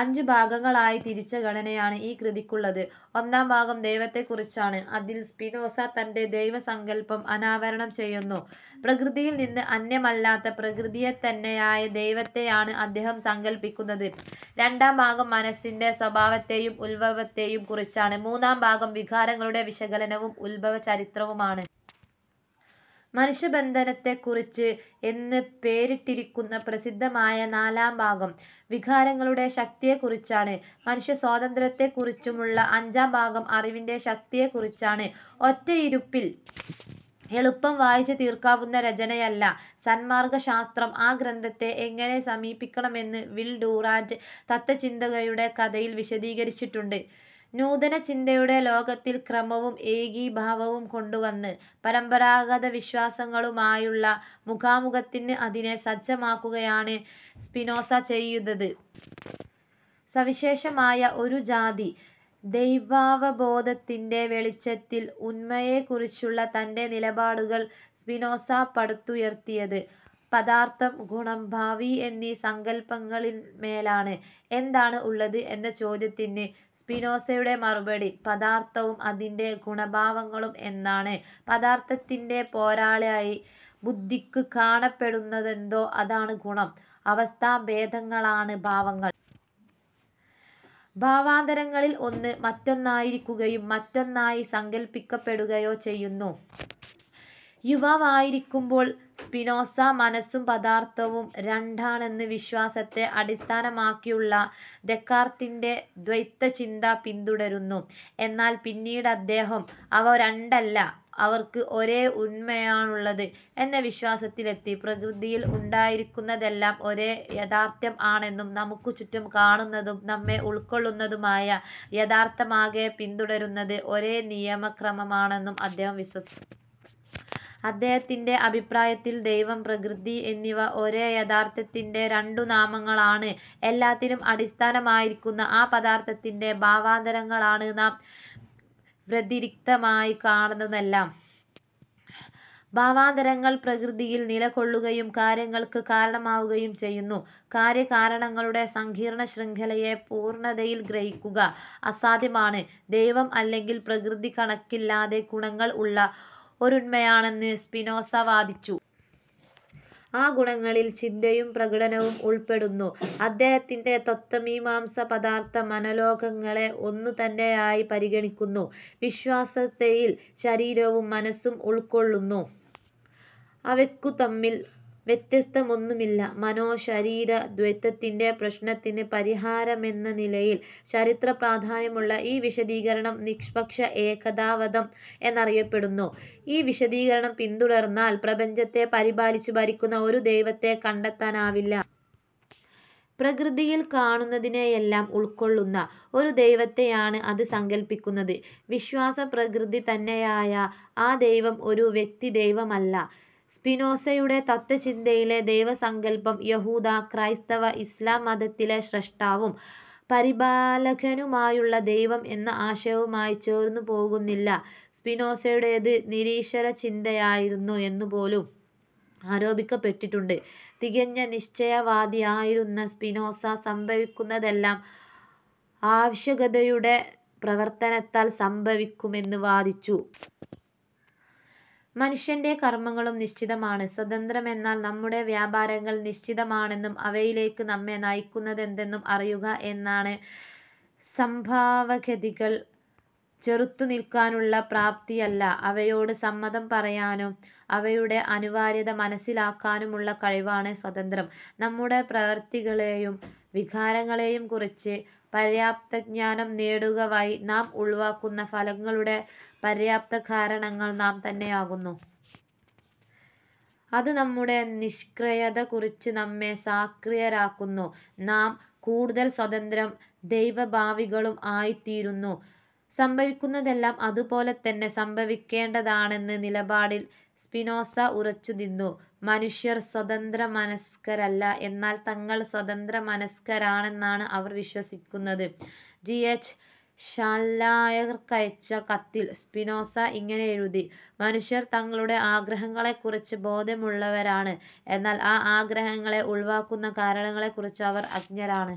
അഞ്ചു ഭാഗങ്ങളായി തിരിച്ച ഘടനയാണ് ഈ കൃതിക്കുള്ളത്. ഒന്നാം ഭാഗം ദൈവത്തെക്കുറിച്ചാണ്. അതിൽ സ്പിനോസ തന്റെ ദൈവസങ്കല്പം അനാവരണം ചെയ്യുന്നു. പ്രകൃതിയിൽ നിന്ന് അന്യമല്ലാത്ത, പ്രകൃതിയെ തന്നെയായ ദൈവത്തെയാണ് അദ്ദേഹം സങ്കല്പിക്കുന്നത്. രണ്ടാം ഭാഗം മനസ്സിന്റെ സ്വഭാവത്തെയും ഉത്ഭവത്തേയും കുറിച്ചാണ്. മൂന്നാം ഭാഗം, വികാരങ്ങളുടെ വിശകലനവും ഉത്ഭവചരിത്രവുമാണ്. മനുഷ്യബന്ധനത്തെക്കുറിച്ച് എന്ന് പേരിട്ടിരിക്കുന്ന പ്രസിദ്ധമായ നാലാം ഭാഗം, വികാരങ്ങളുടെ ശക്തിയെക്കുറിച്ചാണ്. മനുഷ്യസ്വാതന്ത്ര്യത്തെക്കുറിച്ചുമുള്ള അഞ്ചാംഭാഗം അറിവിന്റെ ശക്തിയെക്കുറിച്ചാണ്. ഒറ്റയിരുപ്പിൽ എളുപ്പം വായിച്ചുതീർക്കാവുന്ന രചനയല്ല സന്മാർഗശാസ്ത്രം. ആ ഗ്രന്ഥത്തെ എങ്ങനെ സമീപിക്കണമെന്ന് വിൽ ഡൂറാന്റ് "തത്ത്വചിന്തയുടെ കഥ"-യിൽ വിശദീകരിച്ചിട്ടുണ്ട്:- നൂതനചിന്തയുടെ ലോകത്തിൽ ക്രമവും ഏകീഭാവവും കൊണ്ടുവന്ന്, പരമ്പരാഗതവിശ്വാസങ്ങളുമായുള്ള മുഖാമുഖത്തിന്ന് അതിനെ സജ്ജമാക്കുകയാണ് സ്പിനോസ ചെയ്തത്. സവിശേഷമായ ഒരുജാതി ദൈവാവബോധത്തിന്റെ വെളിച്ചത്തിൽ ഉന്മയെക്കുറിച്ചുള്ള തന്റെ നിലപാടുകൾ സ്പിനോസ പടുത്തുയർത്തിയത്, പദാർഥം, ഗുണം, ഭാവി എന്നീ സങ്കല്പങ്ങളിന്മേലാണ്. "എന്താണ് ഉള്ളത്? " എന്ന ചോദ്യത്തിന്ന് സ്പിനോസയുടെ മറുപടി, "പദാർഥവും, അതിന്റെ ഗുണ-ഭാവങ്ങളും" എന്നാണ്. പദാർഥത്തിന്റെ പൊരാളായി ബുദ്ധിക്കു കാണപ്പെടുന്നതെന്തോ, അതാണ് ഗുണം. അവസ്ഥാഭേദങ്ങളാണ് ഭാവങ്ങൾ. ഭാവാന്തരങ്ങളിൽ ഒന്ന് മറ്റൊന്നായിരിക്കുകയും മറ്റൊന്നായി സങ്കല്പിക്കപ്പെടുകയോ ചെയ്യുന്നു. യുവാവായിരിക്കുമ്പോൾ സ്പിനോസ, മനസ്സും പദാർഥവും രണ്ടാണെന്ന് വിശ്വാസത്തെ അടിസ്ഥാനമാക്കിയുള്ള ദെക്കാർത്തിന്റെ ദ്വൈതചിന്ത പിന്തുടർന്നിരുന്നു. എന്നാൽ പിന്നീടദ്ദേഹം, അവ രണ്ടല്ല അവക്ക് ഒരേ ഉന്മയാണുള്ളത് എന്ന വിശ്വാസത്തിലെത്തി. പ്രകൃതിയിൽ ഉണ്ടായിരിക്കുന്നതെല്ലാം ഒരേ യാഥാർഥ്യം ആണെന്നും നമുക്കു ചുറ്റും കാണുന്നതും നമ്മെ ഉൾക്കൊള്ളുന്നതുമായ യാഥാർഥ്യമാകെ പിന്തുടരുന്നത് ഒരേനിയമക്രമമാണെന്നും അദ്ദേഹം വിശ്വസി. അദ്ദേഹത്തിന്റെ അഭിപ്രായത്തിൽ ദൈവം, പ്രകൃതി എന്നിവ ഒരേ യാഥാർഥ്യത്തിന്റെ രണ്ടുനാമങ്ങളാണ്. എല്ലാത്തിനും അടിസ്ഥാനമായിരിക്കുന്ന ആ പദാർഥത്തിന്റെ ഭാവാന്തരങ്ങളാണ് നാം വ്യതിരിക്തമായി കാണുന്നതെല്ലാം. ഭാവാന്തരങ്ങൾ പ്രകൃതിയിൽ നിലകൊള്ളുകയും കാര്യങ്ങൾക്ക് കാരണമാവുകയും ചെയ്യുന്നു. കാര്യ-കാരണങ്ങളുടെ സങ്കീർണ്ണശൃഖലയെ പൂർണ്ണതയിൽ ഗ്രഹിക്കുക അസാധ്യമാണ്. ദൈവം അല്ലെങ്കിൽ പ്രകൃതി, കണക്കില്ലാതെ ഗുണങ്ങൾ ഉള്ള ഒരുണ്മയാണെന്ന് സ്പിനോസ വാദിച്ചു. ആ ഗുണങ്ങളിൽ ചിന്തയും പ്രകടനവും ഉൾപ്പെടുന്നു. അദ്ദേഹത്തിന്റെ തത്ത്വമീമാംസ പദാർഥ-മനലോകങ്ങളെ ഒന്നുതന്നെയായി പരിഗണിക്കുന്നു. വിശ്വാസത്തെയിൽ ശരീരവും മനസ്സും ഉൾക്കൊള്ളുന്നു. അവയ്ക്കുതമ്മിൽ വ്യത്യസ്ഥമൊന്നുമില്ല. മനോ-ശരീരദ്വൈതത്തിന്റെ പ്രശ്നത്തിന് പരിഹാരമെന്ന നിലയിൽ ചരിത്രപ്രാധാന്യമുള്ള ഈ വിശദീകരണം നിഷ്പക്ഷ-ഏകതാവദം എന്നറിയപ്പെടുന്നു. ഈ വിശദീകരണം പിന്തുടർന്നാൽ പ്രപഞ്ചത്തെ പരിപാലിച് ഭരിക്കുന്ന ഒരു ദൈവത്തെ കണ്ടെത്താനാവില്ല. പ്രകൃതിയിൽ കാണുന്നതിനെയെല്ലാം ഉൾക്കൊള്ളുന്ന, ഒരു ദൈവത്തെയാണ് അത് സങ്കല്പിക്കുന്നത്. വിശ്വാസപ്രകൃതിതന്നെയായ ആ ദൈവം ഒരു വ്യക്തിദൈവമല്ല. സ്പിനോസയുടെ തത്ത്വചിന്തയിലെ ദൈവസങ്കല്പം യഹൂദ-ക്രൈസ്തവ-ഇസ്ലാം മതത്തിലെ സ്രഷ്ടാവും പരിപാലകനുമായുള്ള ദൈവം എന്ന ആശയവുമായി ചേർന്നുപോകുന്നില്ല. സ്പിനോസയുടേത് നിരീശ്വരചിന്തയായിരുന്നു എന്നുപോലും ആരോപിക്കപ്പെട്ടിട്ടുണ്ട്. തികഞ്ഞ നിശ്ചയവാദി ആയിരുന്ന സ്പിനോസ, സംഭവിക്കുന്നതെല്ലാം ആവശ്യകതയുടെ പ്രവർത്തനത്താൽ സംഭവിക്കുമെന്ന് വാദിച്ചു. മനുഷ്യന്റെ കർമ്മങ്ങളും നിശ്ചിതമാണ്. സ്വതന്ത്ര്യമെന്നാൽ, നമ്മുടെ വ്യാപാരങ്ങൾ നിശ്ചിതമാണെന്നും, അവയിലെക്ക് നമ്മെ നയിക്കുന്നതെന്തെന്നും അറിയുക എന്നാണ്. സംഭാവഗതികളെ ചെറുത്തുനിൽക്കാനുള്ള പ്രാപ്തിയല്ല, അവയോട് സമ്മതം പറയാനും അവയുടെ അനിവാര്യത മനസ്സിലാക്കാനുമുള്ള കഴിവാണ് സ്വതന്ത്ര്യം. നമ്മുടെ പ്രവർത്തികളെയും വികാരങ്ങളേയും കുറിച്ച് പര്യാപ്തജ്ഞാനം നേടുകവഴി നാം ഉൾവാക്കുന്ന ഫലങ്ങളുടെ പര്യാപ്തകാരണങ്ങൾ നാം തന്നെയാകുന്നു. അത് നമ്മുടെ നിഷ്ക്രയത കുറിച്ച് നമ്മെ സാക്രിയരാക്കുന്നു. നാം കൂടുതൽ സ്വതന്ത്രം ദൈവഭാവികളും ആയിത്തീരുന്നു. സംഭവിക്കുന്നതെല്ലാം അത് പോലെ തന്നെ സംഭവിക്കേണ്ടതാണെന്ന് നിലപാടിൽ സ്പിനോസ ഉറച്ചുനിന്നു. മനുഷ്യർ സ്വതന്ത്രമനസ്കരല്ല. എന്നാൽ തങ്ങൾ സ്വതന്ത്രമനസ്കരാണെന്നാണ് അവർ വിശ്വസിക്കുന്നത്. ജി. എച്ച് ഷാല്ലായർക്കയച്ച കത്തിൽ, സ്പിനോസ ഇങ്ങനെ എഴുതി: "മനുഷ്യർ തങ്ങളുടെ ആഗ്രഹങ്ങളെക്കുറിച്ച് ബോധമുള്ളവരാണ്; എന്നാൽ ആ ആഗ്രഹങ്ങളെ ഉൾവാക്കുന്ന കാരണങ്ങളെക്കുറിച്ച് അവർ അജ്ഞരാണ്.